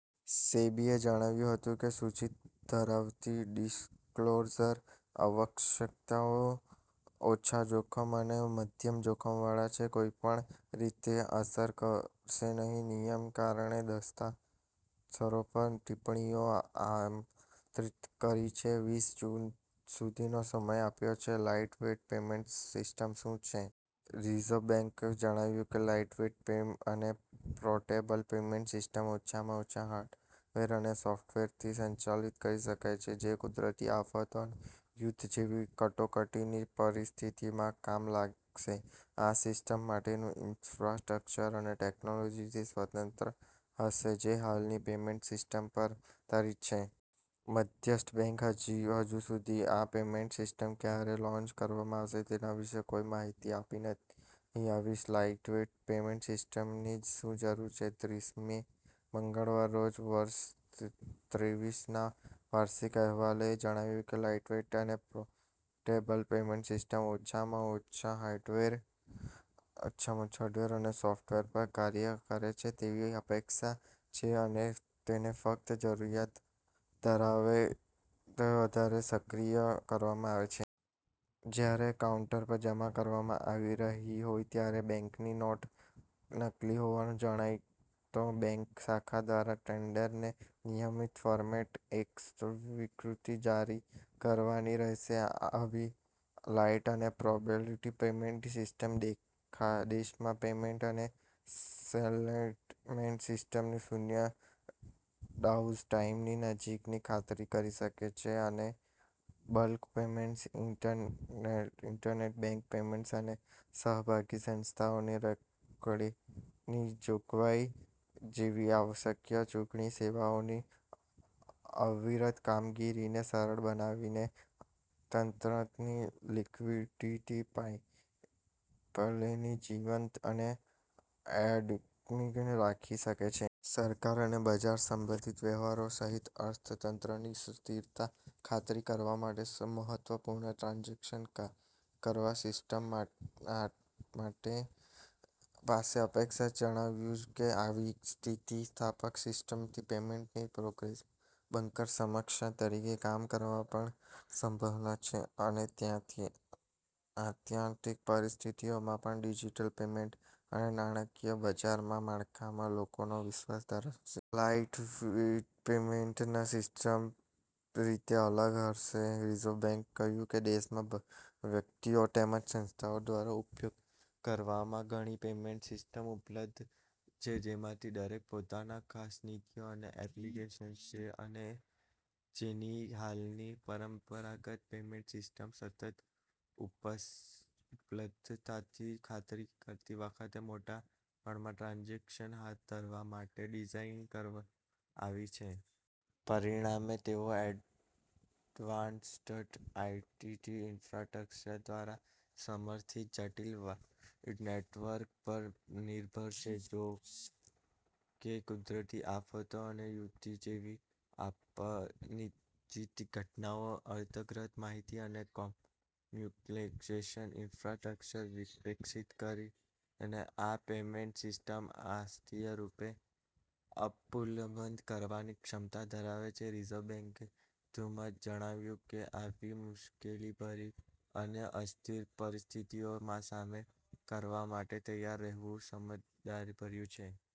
સેબીએ જણાવ્યું હતું કે સૂચિત ધરાવતી ડિસ્ક્લોઝર આવશ્યકતાઓ ઓછા-જોખમ અને મધ્યમ-જોખમવાળા ને કોઈપણ રીતે અસર કરશે નહીં. નિયમનકારે દસ્તા પર ટિપ્પણીઓ આમંત્રિત કરી છે, વીસ જૂન સુધીનો સમય આપ્યો છે. લાઇટવેઇટ પેમેન્ટ સિસ્ટમ શું છે? રિઝર્વ બેંકે જણાવ્યું કે, લાઇટવેઇટ અને પોર્ટેબલ પેમેન્ટ સિસ્ટમ ઓછામાં ઓછા હાર્ડવેર અને સોફ્ટવેરથી સંચાલિત કરી શકાશે, જે કુદરતી આફતો અને યુદ્ધ જેવી કટોકટીની પરિસ્થિતિમાં કામ લાગશે. આ સિસ્ટમ માટેનું ઈન્ફ્રાસ્ટ્રક્ચર એ ટેકનોલોજીથી સ્વતંત્ર હશે જે હાલની પેમેન્ટ સિસ્ટમ પર આધારિત છે. મધ્યસ્થ બેંકે હજુ સુધી આ પેમેન્ટ સિસ્ટમ ક્યારે લોન્ચ કરવામાં આવશે તેના વિશે કોઇ માહિતી આપી નથી. આવી લાઇટવેઇટ પેમેન્ટ સિસ્ટમની શું જરૂર છે? ત્રીસ મે, મંગળવારના રોજ વર્ષ ત્રેવીસના વાર્ષિક અહેવાલમાં એ જણાવ્યું કે, લાઇટવેઇટ અને પોર્ટેબલ પેમેન્ટ સિસ્ટમ ઓછામા ઓછા ઓછામાં ઓછા હાર્ડવેર અને સૉફ્ટવેર પર કાર્ય કરે તેવી અપેક્ષા છે અને તેને ફક્ત "જરૂરિયાતના આધારે" સક્રિય કરવામાં આવશે. જ્યારે કાઉન્ટર પર જમા કરવામાં આવી રહી હોય ત્યારે બેંકની નોટ નકલી હોવાનું જણાય તો બેંક શાખા દ્વારા ટેન્ડરને નિયત ફોર્મેટમાં એક સ્વીકૃતિ જારી કરવાની રહેશે. "આવી લાઇટ અને પ્રોબેલીટી પેમેન્ટ સિસ્ટમ દેશમાં પેમેન્ટ અને સેટલમેન્ટ સિસ્ટમના શૂન્ય ડાઉનટાઇમની નજીકની ખાતરી કરી શકે છે અને બલ્ક પેમેન્ટ્સ, ઇન્ટરબેંક પેમેન્ટ્સ અને સહભાગી સંસ્થાઓને રોકડીની જોગવાઈઓ જેવી આવશ્યક ચુકવણી સેવાઓની અવિરત કામગીરીને સરળ બનાવીને અર્થતંત્રની લિક્વિડિટી પાઇપલાઇનને જીવંત અને અડીખમ રાખી શકે છે. સરકાર અને બજાર સંબંધિત વ્યવહારો સહિત અર્થતંત્રની સ્થિરતાની ખાતરી કરવા માટે મહત્વપૂર્ણ ટ્રાન્ઝેક્શન કરવા સિસ્ટમ માટે પાસે અપેક્ષા છે. એ જણાવ્યું કે, "આવી સ્થિતિસ્થાપક સિસ્ટમથી પેમેન્ટની પ્રોસેસમાં બંકર સમકક્ષ તરીકે કામ કરવાની પણ સંભાવના છે અને ત્યાંથી આત્યંતિક પરિસ્થિતિઓમાં પણ ડિજિટલ પેમેન્ટ અને નાણાકીય બજારના માળખામાં લોકોનો વિશ્વાસ વધારશે. " લાઇટ પેમેન્ટ સિસ્ટમ કેવી રીતે અલગ હશે? રિઝર્વ બેંકે કહ્યું કે, દેશમાં વ્યક્તિઓ તેમજ સંસ્થાઓ દ્વારા ઉપયોગ કરવા માટે ઘણી પેમેન્ટ સિસ્ટમ્સ ઉપલબ્ધ છે, જેમાંથી દરેકની પોતાની ખાસિયતો અને એપ્લિકેશન છે અને જેવી હાલની પરંપરાગત પેમેન્ટ સિસ્ટમ્સ સતત ઉપલબ્ધતાની ખાતરી કરતી વખતે મોટા પ્રમાણમાં ટ્રાન્ઝેક્શન હાથ ધરવા માટે ડિઝાઇન કરવામાં આવી છે. પરિણામે, તેઓ એડવાન્સ્ડ આઇટી ઇન્ફ્રાસ્ટ્રક્ચર દ્વારા સમર્થિત જટિલ વાયર્ડ નેટવર્ક્સ પર નિર્ભર છે. "જો કે, કુદરતી આફતો અને યુદ્ધ જેવી આપત્તિજનક ઘટનાઓ અંતર્ગત માહિતી અને કોમ્યુનિકેશન ઇન્ફ્રાસ્ટ્રક્ચરને વિક્ષેપિત કરીને આ પેમેન્ટ સિસ્ટમને અસ્થાયી રૂપે અનુપલબ્ધ કરવાની ક્ષમતા ધરાવે છે," રિઝર્વ બેંકે વધુમાં જણાવ્યું કે, આવી મુશ્કેલીભરી અને અસ્થિર પરિસ્થિતિઓનો સામનો કરવા માટે તૈયાર રહેવું સમજદારીભર્યું છે.